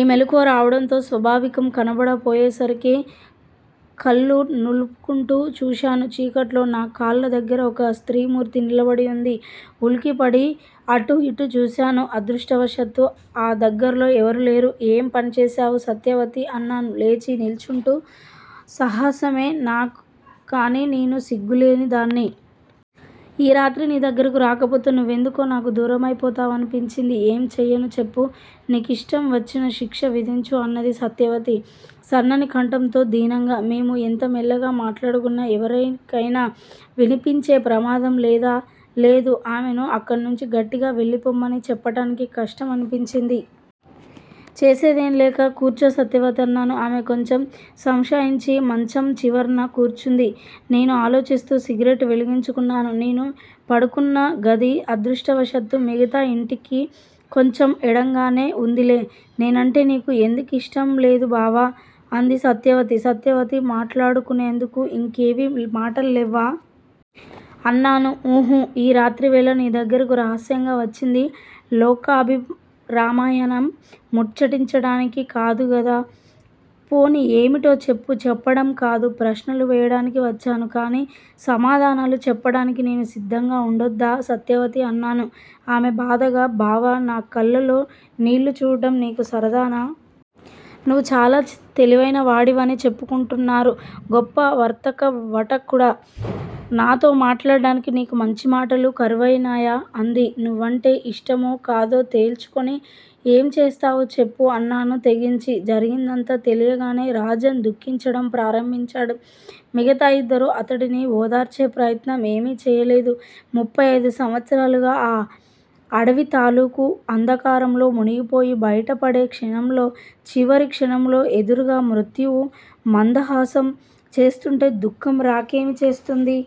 ఈ మెలకువ రావడంలో స్వాభావికం కనబడకపోయేసరికి కళ్ళు నులుపుకుంటూ చూశాను. చీకట్లో నా కాళ్ళ దగ్గర ఒక స్త్రీమూర్తి నిలబడివుంది. ఉలికిపడి అటూ ఇటూ చూశాను. అదృష్టవశాత్తూ ఆ దగ్గర్లో ఎవరూలేరు. ఏం పనిచేశావు సత్యవతీ? అన్నాను లేచి నిల్చుంటూ. సాహసమే కాని నేను సిగ్గులేనిదాన్ని. ఈ రాత్రి నీ దగ్గరకు రాకపోతే నువ్వెందుకో నాకు దూరమైపోతావనిపించింది. ఏం చెయ్యను చెప్పు? నీకిష్టంవచ్చిన శిక్ష విధించు అన్నది సత్యవతి సన్నని కంఠంతో దీనంగా. మేము ఎంత మెల్లగా మాట్లాడుకున్నా ఎవరికైనా వినిపించే ప్రమాదం లేదా? లేదు. ఆమెను అక్కడ్నుంచి గట్టిగా వెళ్ళిపొమ్మని చెప్పటానికి కష్టమనిపించింది. చేసేదిలేక కూర్చో సత్యవతీ అన్నాను. ఆమె కొంచెం సంశయించి మంచం చివర్న కూర్చుంది. నేను ఆలోచిస్తూ సిగరెట్ వెలిగించుకున్నాను. నేను పడుకున్నగది అదృష్టవశాత్తు మిగతా ఇంటికి కొంచెం ఎడంగానే వుందిలే. నేనంటే నీకు ఎందుకు ఇష్టంలేదు బావా? అంది సత్యవతి. సత్యవతీ! మాట్లాడుకునేందుకు ఇంకేవీ మాటల్లేవా? అన్నాను. ఉహుఁ! ఈ రాత్రివేళ నీదగ్గరకు రహస్యంగావచ్చింది లోకాభిరామాయణం ముచ్చటించటానికి కాదుగదా! పోనీ ఏమిటో చెప్పు. చెప్పడం కాదు. ప్రశ్నలు వేయడానికి వచ్చాను. కాని సమాధానాలు చెప్పటానికి నేను సిద్ధంగా వుండొద్దా సత్యవతీ! అన్నాను. ఆమె బాధగా బావా! నా కళ్ళలో నీళ్ళు చూడటం నీకు సరదానా? నువ్వు చాలా తెలివైనవాడివని చెప్పుకుంటున్నారు. గొప్ప వర్తాకవటకూడా. నాతో మాట్లాడటానికి నీకు మంచిమాటలు కరువైనాయా? అంది. నువ్వంటే ఇష్టమో, కాదో తేల్చుకుని యేంచేస్తావు చెప్పు? అన్నాను తెగించి. జరిగిందంతా తెలియగానే రాజన్ దుఃఖించటం ప్రారంభించాడు. మిగతా ఇద్దరూ అతడిని ఓదార్చే ప్రయత్నం ఏమీ చేయలేదు. ముప్పై అయిదు సంవత్సరాలుగా ఆ అడవితాలూకు అంధకారంలో మునిగిపోయి, బయటపడే క్షణంలో చివరి క్షణంలో ఎదురుగా మృత్యువు మందహాసం చేస్తూంటే దుఃఖం రాకేమి చేస్తుంది?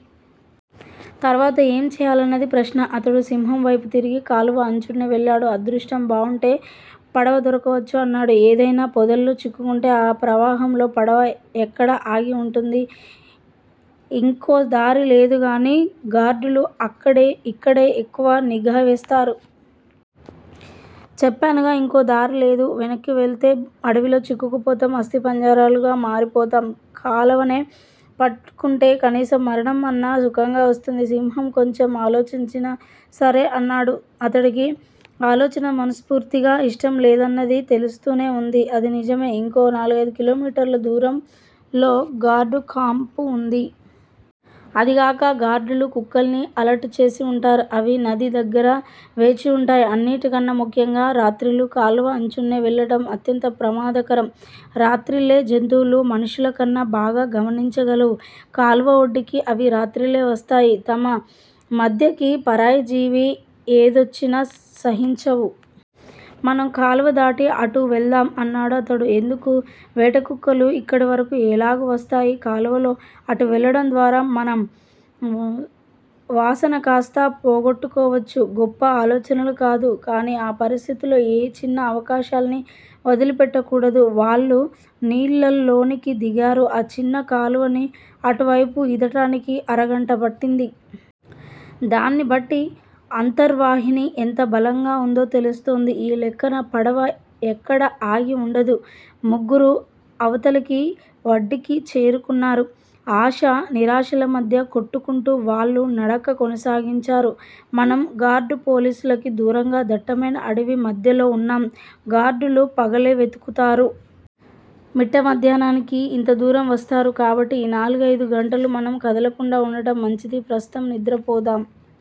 తరువాత ఏం చెయ్యాలన్నది ప్రశ్న. అతడు సింహం వైపుతిరిగి, కాలువ అంచునే వెళ్ళాడు. అదృష్టం బావుంటే పడవ దొరకవచ్చు అన్నాడు. ఏదైనా పొదల్లో చిక్కుకుంటే. ఈ ప్రవాహంలో పడవ ఎక్కడ ఆగి వుంటుంది? ఇంకో దారి లేదు కానీ గార్డులు అక్కడే ఇక్కడే ఎక్కువ నిఘా వేస్తారు. చెప్పానుగా. ఇంకో దారిలేదు. వెనక్కి వెళ్ళితే అడవిలో చిక్కుకుపోతాం. అస్థిపంజరాలుగా మారిపోతాం. కాలవనే పట్టుకుంటే, కనీసం మరణం అన్నా సుఖంగా వస్తుంది. సింహం కొంచెం ఆలోచించిన సరే అన్నాడు. అతడికీ ఆలోచన మనస్పూర్తిగా ఇష్టం లేదన్నది తెలుస్తూనేవుంది. అదీ నిజమే. ఇంకో నాలుగైదు కిలోమీటర్ల దూరంలో గార్డు కాంపు వుంది. అదీగాక గార్డులు కుక్కల్ని అలర్ట్ చేసి వుంటారు. అవి నది దగ్గర వేచివుంటాయి. అన్నిటికన్నా ముఖ్యంగా రాత్రిళ్ళు కాలువ అంచునే వెళ్ళటం అత్యంత ప్రమాదకరం. రాత్రిళ్ళే జంతువులు మనుష్యులకన్నా బాగా గమనించగలవు. కాలువ ఒడ్డుకి అవి రాత్రిళ్ళే వస్తాయి. తమ మధ్యకి పరాయి జీవి ఏదొచ్చినా సహించవు. మనం కాలువ దాటి అటు వెళదాం అన్నాడు అతడు. ఎందుకు? వేటకుక్కలు ఇక్కడివరకూ ఎలాగూ వస్తాయి. కాలువలో అటువెళ్ళటం ద్వారా మనం వాసన కాస్త పోగొట్టుకోవచ్చు. గొప్ప ఆలోచనలు కాదు. కానీ ఆ పరిస్థితుల్లో ఏ చిన్న అవకాశాన్నీ వదిలిపెట్టకూడదు. వాళ్ళు నీళ్ళలోనికి దిగారు. ఆ చిన్న కాలువని అటువైపు ఈదటానికి అరగంట పట్టింది. దాన్నిబట్టి అంతర్వాహిని ఎంత బలంగా వుందో తెలుస్తోంది. ఈ లెక్కన పడవ ఎక్కడా ఆగి వుండదు. ముగ్గురూ అవతలికి వడ్డుకి చేరుకున్నారు. ఆశా నిరాశల మధ్య కొట్టుకుంటూ వాళ్ళు నడక కొనసాగించారు. మనం గార్డ్ పోలిసులకి దూరంగా దట్టమైన అడవి మధ్యలో వున్నాం. గార్డ్ లు పగలే వెతుకుతారు. మిట్టమధ్యాహానికి ఇంత దూరం వస్తారు. కాబట్టి ఈ నాల్గయిదు గంటలూ మనం కదలకుండా వుండటం మంచిది. ప్రస్తుతం నిద్రపోదాం.